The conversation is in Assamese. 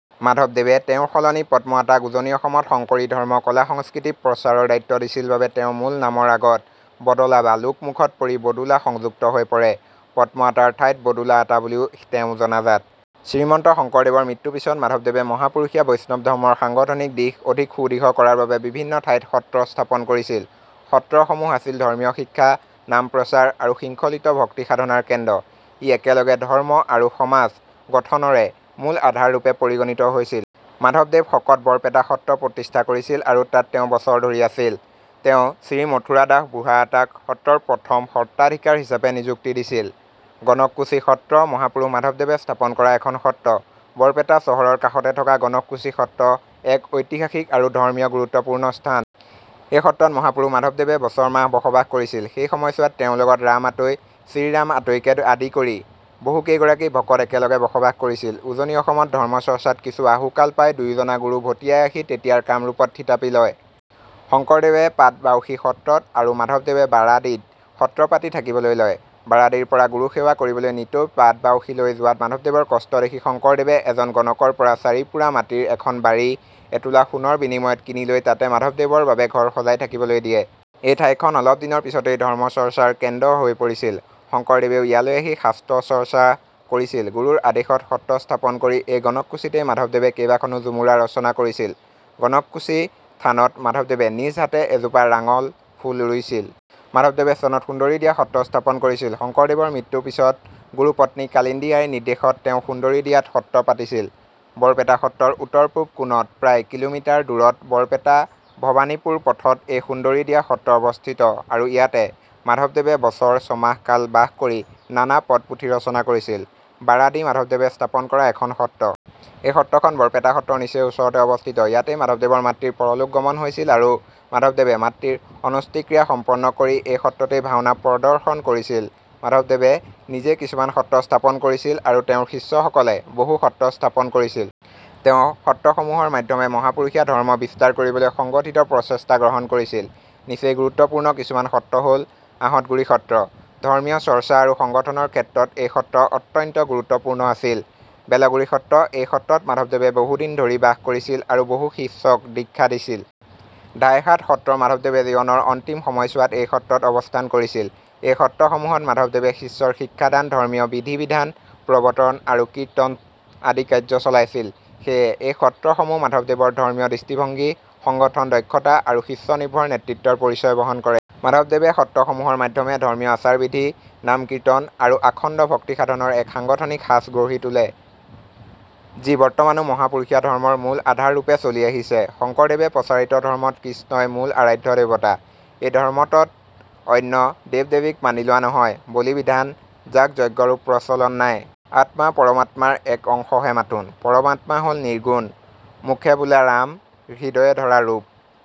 মাধবদেৱে তেওঁৰ সলনি পদ্ম আতাক উজনি অসমত শংকৰী ধৰ্ম-কলা-সংস্কৃতি প্ৰচাৰৰ দায়িত্ব দিছিল বাবে তেওঁৰ মূল নামৰ আগত "বদলা'' বা লোকমুখত পৰি "বদুলা'' সংযুক্ত হৈ পৰে। পদ্ম আতাৰ ঠাইত "বদুলা আতা'' বুলিও তেওঁ জনাজাত।। শ্ৰীমন্ত শংকৰদেৱৰ মৃত্যুৰ পিছত মাধৱদেৱে মহাপুৰুষীয়া বৈষ্ণৱ ধৰ্মৰ সাংগঠনিক দিশ অধিক সুদৃঢ় কৰাৰ বাবে বিভিন্ন ঠাইত সত্ৰ স্থাপন কৰিছিল। সত্ৰসমূহ আছিল ধৰ্মীয় শিক্ষা, নাম-প্ৰচাৰ আৰু শৃংখলিত ভক্তিসাধনাৰ কেন্দ্ৰ। ই একেলগে ধৰ্ম আৰু সমাজ গঠনৰে মূল আধাৰ ৰূপে পৰিগণিত হৈছিল। মাধৱদেৱে শকত বৰপেটা সত্ৰ প্ৰতিষ্ঠা কৰিছিল আৰু তাত তেওঁ বছৰ ধৰি আছিল। তেওঁ শ্ৰীমথুৰা দাস বুঢ়া আতা ক সত্ৰৰ প্ৰথম সত্ৰাধিকাৰ হিচাপে নিযুক্তি দিছিল। গণককুছি সত্ৰ মহাপুৰুষ মাধৱদেৱে স্থাপন কৰা এখন সত্ৰ। বৰপেটা চহৰৰ কাষতে থকা গণককুছি সত্ৰ এক ঐতিহাসিক আৰু ধৰ্মীয় গুৰুত্বপূৰ্ণ স্থান। এই সত্ৰত মহাপুৰুষ মাধৱদেৱে বছৰ মাহ বসবাস কৰিছিল। সেই সময়ছোৱাত তেওঁৰ লগত ৰাম আতৈ, শ্ৰীৰাম আতৈকে আদি কৰি বহুকেইগৰাকী ভকত একেলগে বসবাস কৰিছিল। উজনি অসমত ধৰ্ম চৰ্চাত কিছু আহুকাল পাই দুয়োজনা গুৰু ভটিয়াই আহি তেতিয়াৰ কামৰূপত থিতাপি লয়। শংকৰদেৱে পাটবাউসী সত্ৰ ত আৰু মাধবদেৱে বাৰাদিত সত্ৰ পাতি থাকিবলৈ লয়। বাৰাদিৰ পৰা গুৰুসেৱা কৰিবলৈ নিতৌ পাটবাউসীলৈ যোৱাত মাধবদেৱৰ কষ্ট দেখি শংকৰদেৱে এজন গণকৰ পৰা চাৰি পুৰা মাটিৰ এখন বাৰী এতোলা সোণৰ বিনিময়ত কিনি লৈ তাতে মাধবদেৱৰ বাবে ঘৰ সজাই থাকিবলৈ দিয়ে। এই ঠাইখন অলপ দিনৰ পিছতেই ধৰ্ম চৰ্চাৰ কেন্দ্ৰ হৈ পৰিছিল। শংকৰদেৱেও ইয়ালৈ আহি শাস্ত্ৰচৰ্চা কৰিছিল। গুৰুৰ আদেশত সত্ৰ স্থাপন কৰি এই গণককুছিতেই মাধবদেৱে কেইবাখনো ঝুমুৰা ৰচনা কৰিছিল। গণককুছি থানত মাধৱদেৱে নিজ হাতে এজোপা ৰাঙল ফুল ৰুইছিল। মাধৱদেৱে চনত সুন্দৰীদিয়া সত্ৰ স্থাপন কৰিছিল৷ শংকৰদেৱৰ মৃত্যুৰ পিছত গুৰুপত্নী কালিন্দী আইৰ নিৰ্দেশত তেওঁ সুন্দৰীদিয়াত সত্ৰ পাতিছিল। বৰপেটা সত্ৰৰ উত্তৰ পূব কোণত প্ৰায় কিলোমিটাৰ দূৰত বৰপেটা ভবানীপুৰ পথত এই সুন্দৰীদিয়া সত্ৰ অৱস্থিত আৰু ইয়াতে মাধবদেৱে বছৰ ছমাহ কাল বাস কৰি নানা পদ-পুথি ৰচনা কৰিছিল৷ বাৰাদি মাধৱদেৱে স্থাপন কৰা এখন সত্ৰ। এই সত্ৰখন বৰপেটা সত্ৰৰ নিচেই ওচৰতে অৱস্থিত। ইয়াতেই মাধৱদেৱৰ মাতৃৰ পৰলোকগমন হৈছিল আৰু মাধৱদেৱে মাতৃৰ অনোন্ষ্টিক্ৰিয়া সম্পন্ন কৰি এই সত্ৰতেই ভাওনা প্ৰদৰ্শন কৰিছিল। মাধৱদেৱে নিজে কিছুমান সত্ৰ স্থাপন কৰিছিল আৰু তেওঁৰ শিষ্যসকলে বহু সত্ৰ স্থাপন কৰিছিল। তেওঁ সত্ৰসমূহৰ মাধ্যমে মহাপুৰুষীয়া ধৰ্ম বিস্তাৰ কৰিবলৈ সংগঠিত প্ৰচেষ্টা গ্ৰহণ কৰিছিল। নিচেই গুৰুত্বপূৰ্ণ কিছুমান সত্ৰ হ'ল— আহতগুৰি সত্ৰ ধৰ্মীয় চৰ্চা আৰু সংগঠনৰ ক্ষেত্ৰত এই সত্ৰ অত্যন্ত গুৰুত্বপূৰ্ণ আছিল। বেলগুৰি সত্ৰ এই সত্ৰত মাধৱদেৱে বহুদিন ধৰি বাস কৰিছিল আৰু বহু শিষ্যক দীক্ষা দিছিল। ধাইহাট সত্ৰ মাধৱদেৱে জীবনৰ অন্তিম সময়চোৱাত এই সত্ৰত অৱস্থান কৰিছিল। এই সত্ৰসমূহত মাধৱদেৱে শিষ্যৰ শিক্ষাদান, ধৰ্মীয় বিধিবিধান প্ৰৱৰ্তন আৰু কীৰ্তন আদি কাৰ্য চলাইছিল। সেয়ে এই সত্ৰসমূহ মাধৱদেৱৰ ধৰ্মীয় দৃষ্টিভংগী, সংগঠন দক্ষতা আৰু শিষ্যনিৰ্ভৰ নেতৃত্বৰ পৰিচয় বহন কৰে। মাধৱদেৱে সত্ৰসমূহৰ মাধ্যমে ধৰ্মীয় আচাৰ-বিধি, নাম-কীৰ্তন আৰু আখণ্ড ভক্তিসাধনাৰ এক সাংগঠনিক সাঁচ গঢ়ি তোলে, যি বৰ্তমানো মহাপুৰুষীয়া ধৰ্মৰ মূল আধাৰ ৰূপে চলি আহিছে। শংকৰদেৱ প্ৰচাৰিত ধৰ্মত কৃষ্ণই মূল আৰাধ্য দেৱতা। এই ধৰ্মতত অন্য দেৱ-দেৱীক মানি লোৱা নহয়, বলি-বিধান, যাগ-যজ্ঞৰো প্ৰচলন নাই। আত্মা পৰমাত্মাৰ এক অংশহে মাথোন। পৰমাত্মা হ'ল নিৰ্গুণ। "মুখে বোলা ৰাম, হৃদয়ে ধৰা ৰূপ।